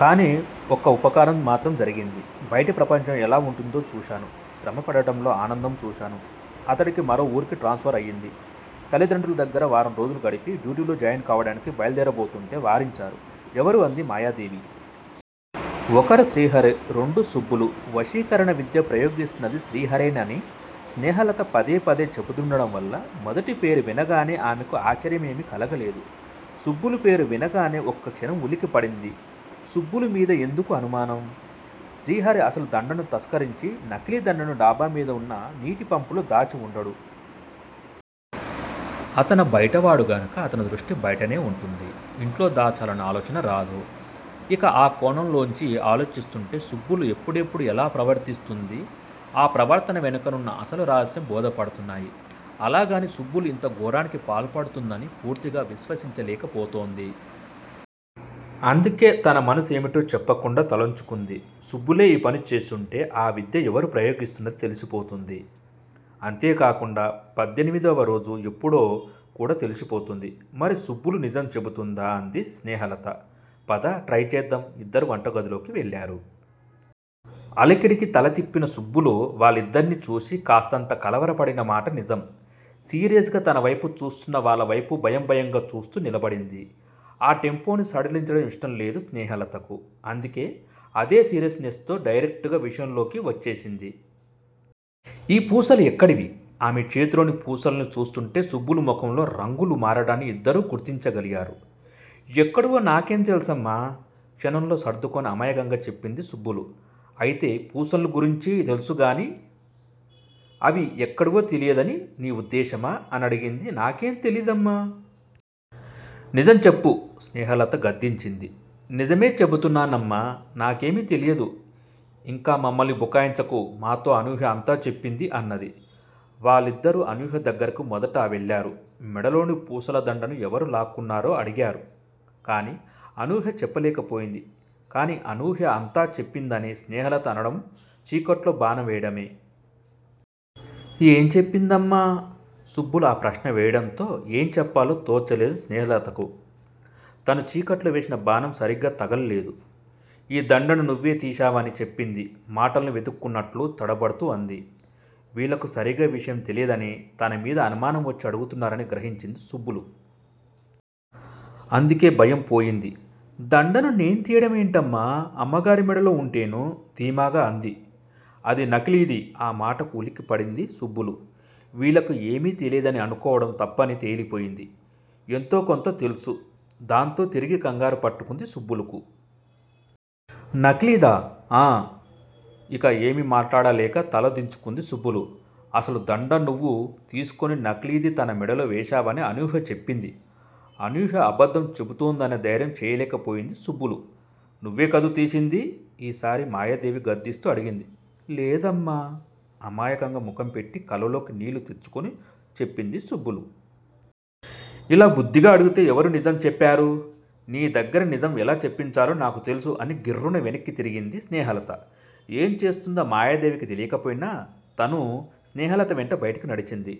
కాని, ఒక్క ఉపకారం మాత్రం జరిగింది. బయటి ప్రపంచం ఎలా వుంటుందో చూశాను. శ్రమ పడడంలో ఆనందం చూశాను. అతడికి మరో వూరికి ట్రాన్స ఫర్ అయింది. తల్లిదండ్రుల దగ్గర వారం రోజులు గడిపి, డ్యూటీలో జాయిన్ కావడానికి బయల్దేరబోతుంటే వారించారు. ఎవరు? అంది మాయాదేవి. ఒకరు శ్రీహరి, రెండు సుబ్బులు వశీకరణ విద్య ప్రయోగిస్తున్నది శ్రీహరేనని స్నేహలత పదే పదే చెబుతుండడం వల్ల మొదటిపేరు వినగానే ఆమెకు ఆశ్చర్యమేమీ కలగలేదు. సుబ్బులు పేరు వినగానే ఒక్కక్షణం ఉలిక్కి పడింది. సుబ్బులు మీద ఎందుకు అనుమానం? శ్రీహరి అసలు దండను తస్కరించి నకిలీ దండను డాబా మీద వున్న నీటి పంపులో దాచి వుండడు. అతను బయట వాడు గనుక అతని దృష్టి బయటనే వుంటుంది. ఇంట్లో దాచాలన్న ఆలోచన రాదు. ఇక ఆ కోణంలోంచి ఆలోచిస్తుంటే సుబ్బులు ఎప్పుడెప్పుడు ఎలా ప్రవర్తిస్తుందీ, ఆ ప్రవర్తన వెనకనున్న అసలు రహస్యం బోధపడుతున్నాయి. అలాగని సుబ్బులు ఇంత ఘోరానికి పాల్పడుతుందని పూర్తిగా విశ్వసించ లేకపోతోంది. అందుకే తన మనసు ఏమిటో చెప్పకుండా తలొంచుకుంది. సుబ్బులే ఈ పని చేసుంటే ఆ విద్య ఎవరు ప్రయోగిస్తున్నదీ తెలిసి పోతుంది. అంతే కాకుండా పద్దెనిమిదవ రోజు ఎప్పుడో కూడా తెలిసిపోతుంది. మరి సుబ్బులు నిజం చెబుతుందా? అంది స్నేహలత. పద- ట్రై చేద్దాం ఇద్దరూ వంట గదిలోకి వెళ్ళారు. అలికిడికి తల తిప్పిన సుబ్బులు వాళ్ళిద్దర్నీ చూసి కాస్తంత కలవరపడిన మాట నిజం. సీరియస్ గా తన వైపు చూస్తున్న వాళ్ళ వైపు భయం- భయంగా చూస్తూ నిలబడింది. ఆ టెంపోను సడలించడం ఇష్టం లేదు స్నేహలతకు. అందుకే అదే సీరియస్ నెస్ తో డైరెక్టుగా విషయంలోకి వచ్చేసింది. ఈ పూసలు ఎక్కడివి? ఆమె చేతిలోని పూసల్ని చూస్తుంటే సుబ్బులు ముఖంలో రంగులు మారడాన్ని ఇద్దరూ గుర్తించగలిగారు. ఎక్కడివో నాకేం తెలుసమ్మా? క్షణంలో సర్దుకుని అమాయకంగా చెప్పింది సుబ్బులు. అయితే పూసల్ని గురించి తెలుసుగానీ, అవి ఎక్కడివో తెలియదని నీ ఉద్దేశ్యమా? అనడిగింది. నాకేం తెలియదమ్మా! నిజం చెప్పు స్నేహలత గద్దించింది. నిజమే చెబుతున్నానమ్మా- నాకేమీ తెలియదు ఇంకా మమ్మల్ని బుకాయించకు మాతో అనూహ్య అంతా చెప్పింది అన్నది. వాళ్ళిద్దరూ అనూహ్య దగ్గరకు మొదట వెళ్ళారు. మెడలోని పూసల దండను ఎవరు లాక్కున్నారో అడిగారు. కానీ అనూహ్య చెప్పలేక పోయింది. కానీ అనూహ్య అంతా చెప్పిందని స్నేహలత అనడం చీకట్లో బాణం వేయడమే. ఏం చెప్పిందమ్మా! సుబ్బులు ఆ ప్రశ్న వేయడంతో ఏం చెప్పాలో తోచలేదు స్నేహలతకు. తను చీకట్లో వేసిన బాణం సరిగ్గా తగల్లేదు. ఈ దండను నువ్వే తీశావని చెప్పింది మాటల్ని వెదుక్కున్నట్లు తడబడుతూ అంది. వీళ్ళకు సరిగ్గా విషయం తెలియదని, తనమీద అనుమానం వచ్చి అడుగుతున్నారని గ్రహించింది సుబ్బులు. అందుకే భయం పోయింది. దండను నేను తీయడం ఏమిటమ్మా- అమ్మగారి మెడలో ఉంటేనూ ధీమాగా అంది. అది నకిలీది ఆ మాటలకు ఉలిక్కి పడింది సుబ్బులు. వీళ్ళకు ఏమీ తెలియదని అనుకోవడం తప్పని తేలిపోయింది. ఎంతో కొంత తెల్సు. దాంతో తిరిగి కంగారు పట్టుకుంది సుబ్బులుకు. నకిలీదా? ఆఁ! ఇక ఏమీ మాట్లాడలేక తల దించుకుంది సుబ్బులు. అసలు దండ నువ్వు తీసుకుని నకిలీది తన మెడలో వేశావనే అనూహ్య చెప్పింది అనూహ్య అబద్ధం చెబుతోందనే ధైర్యం చేయలేక పోయింది సుబ్బులు. నువ్వే కదూ తీసింది ఈసారి మాయాదేవి గద్దిస్తూ అడిగింది. లేదమ్మా అమాయకంగా ముఖం పెట్టి కళ్ళలోకి నీళ్ళు తెచ్చుకొని చెప్పింది సుబ్బులు. ఇలా బుద్ధిగా అడిగితే ఎవరూ నిజం చెప్పారు. నీ దగ్గర నిజం ఎలా చెప్పించాలో నాకు తెలుసు అని గిర్రున వెనక్కి తిరిగింది స్నేహలత. ఏం చేస్తుందో మాయాదేవికి తెలియకపోయినా తనూ స్నేహలత వెంట బయటికి నడిచింది.